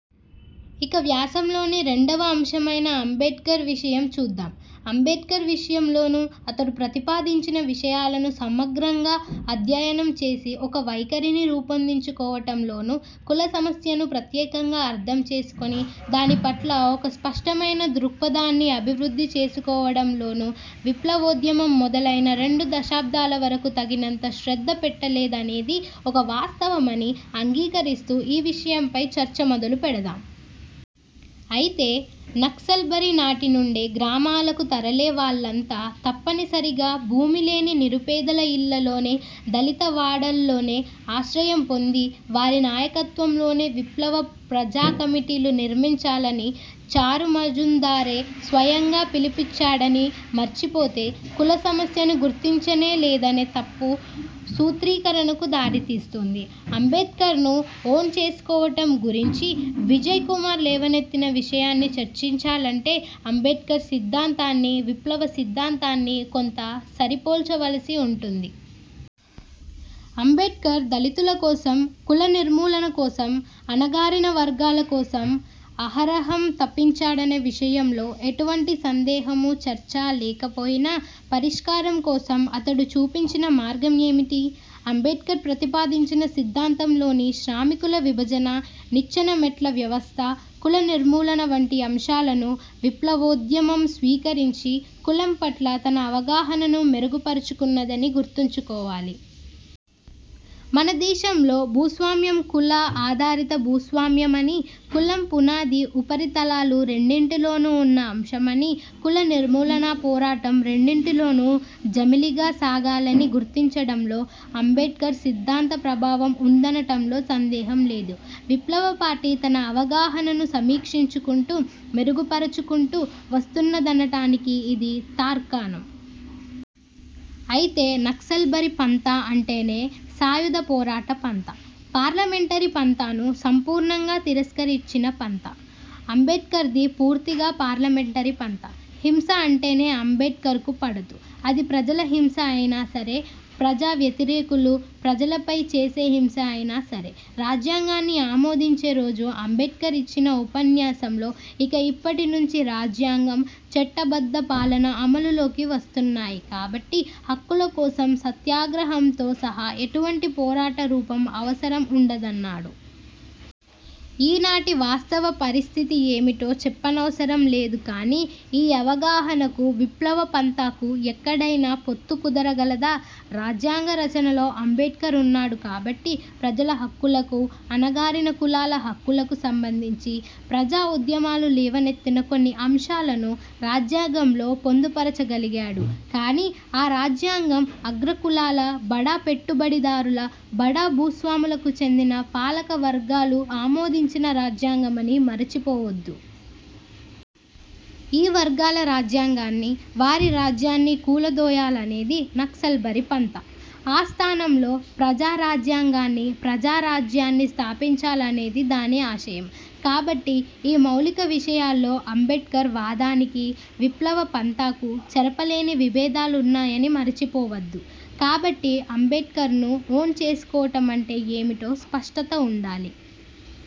ఇక వ్యాసంలోని రెండవ అంశమైన అంబేడ్కర్ విషయం చూద్దాం. అంబేడ్కర్ విషయంలోనూ, అతడు ప్రతిపాదించిన విషయాలను సమగ్రంగా అధ్యయనం చేసి ఒక వైఖరిని రూపొందించుకోవటంలోనూ, కుల సమస్యను ప్రత్యేకంగా అర్థం చేసుకొని దాని పట్ల ఒక స్పష్టమైన దృక్పథాన్ని అభివృద్ధి చేసుకోవడంలోనూ విప్లవోద్యమం మొదలైన రెండు దశాబ్దాల వరకు తగినంత శ్రద్ధ పెట్టలేదనేది ఒక వాస్తవమని అంగీకరిస్తూ ఈ విషయంపై చర్చ మొదలు పెడదాం. అయితే, నక్సల్బరీ నాటి నుండే గ్రామాలకు తరలేవాళ్ళంతా తప్పనిసరిగా భూమిలేని నిరుపేదల ఇళ్ళల్లోనే, 'దళిత వాడల్లోనే' ఆశ్రయం పొంది వారి నాయకత్వంలోనే విప్లవ ప్రజాకమిటీలు నిర్మించాలని చారుమజుందారే స్వయంగా పిలుపిచ్చాడని మర్చిపోతే కుల సమస్యను గుర్తించనేలేదనే తప్పు సూత్రీకరణకు దారితీస్తుంది. అంబేడ్కర్ను ఓన్ చేసుకోవటం గురించి విజయ్ కుమార్ లేవనెత్తిన విషయాన్ని చర్చించాలంటే అంబేడ్కర్ సిద్ధాంతాన్నీ, విప్లవ సిద్ధాంతాన్నీ కొంత సరిపోల్చవలసి ఉంటుంది. అంబేడ్కర్ దళితుల కోసం, కుల నిర్మూలన కోసం, అణగారిన వర్గాల కోసం అహరహం తపించాడనే విషయంలో ఎటువంటి సందేహమూ చర్చా లేకపోయినా, పరిష్కారం కోసం అతడు చూపించిన మార్గం ఏమిటి? అంబేడ్కర్ ప్రతిపాదించిన సిద్ధాంతంలోని శ్రామికుల విభజన, నిచ్చెనమెట్ల వ్యవస్థ, కులనిర్మూలన వంటి అంశాలను విప్లవోద్యమం స్వీకరించి కులం పట్ల తన అవగాహనను మెరుగు పరుచుకున్నదని గుర్తుంచుకోవాలి. మన దేశంలో భూస్వామ్యం కుల ఆధారిత భూస్వామ్యమనీ, కులం పునాదీ ఉపరితలాలు రెండింటిలోనూ ఉన్న అంశమనీ, కులనిర్మూలనా పోరాటం రెండింటిలోనూ జమిలిగా సాగాలనీ గుర్తించడంలో అంబేడ్కర్ సిద్ధాంత ప్రభావం ఉందనటంలో సందేహం లేదు. విప్లవ పార్టీ తన అవగాహనను సమీక్షించుకుంటూ, మెరుగుపరుచుకుంటూ వస్తున్నదనటానికి ఇది తార్కాణం. అయితే నక్సల్బరీ పంథా అంటేనే సాయుధ పోరాట పంథా. పార్లమెంటరీ పంథాను సంపూర్ణంగా తిరస్కరించిన పంథా. అంబేడ్కర్ది పూర్తిగా పార్లమెంటరీ పంథా. హింస అంటేనే అంబేడ్కర్కు పడదు. అది ప్రజల హింస అయినా సరే, ప్రజావ్యతిరేకులు ప్రజలపై చేసే హింస అయినా సరే. రాజ్యాంగాన్ని ఆమోదించే రోజు అంబేడ్కర్ ఇచ్చిన ఉపన్యాసంలో ''ఇక ఇప్పటి నుంచి రాజ్యాంగం, చట్టబద్ధ పాలన అమలులోకి వస్తున్నాయి కాబట్టి హక్కుల కోసం సత్యాగ్రహంతో సహా ఎటువంటి పోరాట రూపం అవసరం ఉండ''దన్నాడు. ఈనాటి వాస్తవ పరిస్థితి ఏమిటో చెప్పనవసరం లేదు కానీ ఈ అవగాహనకూ, విప్లవ పంథాకూ ఎక్కడైనా పొత్తు కుదరగలదా? రాజ్యాంగ రచనలో అంబేడ్కర్ ఉన్నాడు కాబట్టి ప్రజల హక్కులకూ, అణగారిన కులాల హక్కులకూ సంబంధించి ప్రజా ఉద్యమాలు లేవనెత్తిన కొన్ని అంశాలను రాజ్యాంగంలో పొందుపరచగలిగాడు కానీ ఆ రాజ్యాంగం అగ్ర కులాల, బడా పెట్టుబడిదారుల, బడా భూస్వాములకు చెందిన పాలకవర్గాలు ఆమోదించిన రాజ్యాంగమని మరిచిపోవద్దు. ఈ వర్గాల రాజ్యాంగాన్నీ, వారి రాజ్యాన్నీ కూలదోయాలనేది నక్సల్బరీ పంథా. ఆ స్థానంలో ప్రజా రాజ్యాంగాన్నీ, ప్రజా రాజ్యాన్నీ స్థాపించాలనేది దాని ఆశయం. కాబట్టి ఈ మౌలిక విషయాల్లో అంబేడ్కర్ వాదానికీ, విప్లవ పంథాకూ చెరపలేని విభేదాలున్నాయని మరిచిపోవద్దు. కాబట్టి అంబేడ్కర్ను ఓన్ చేసుకోవటమంటే ఏమిటో స్పష్టత ఉండాలి.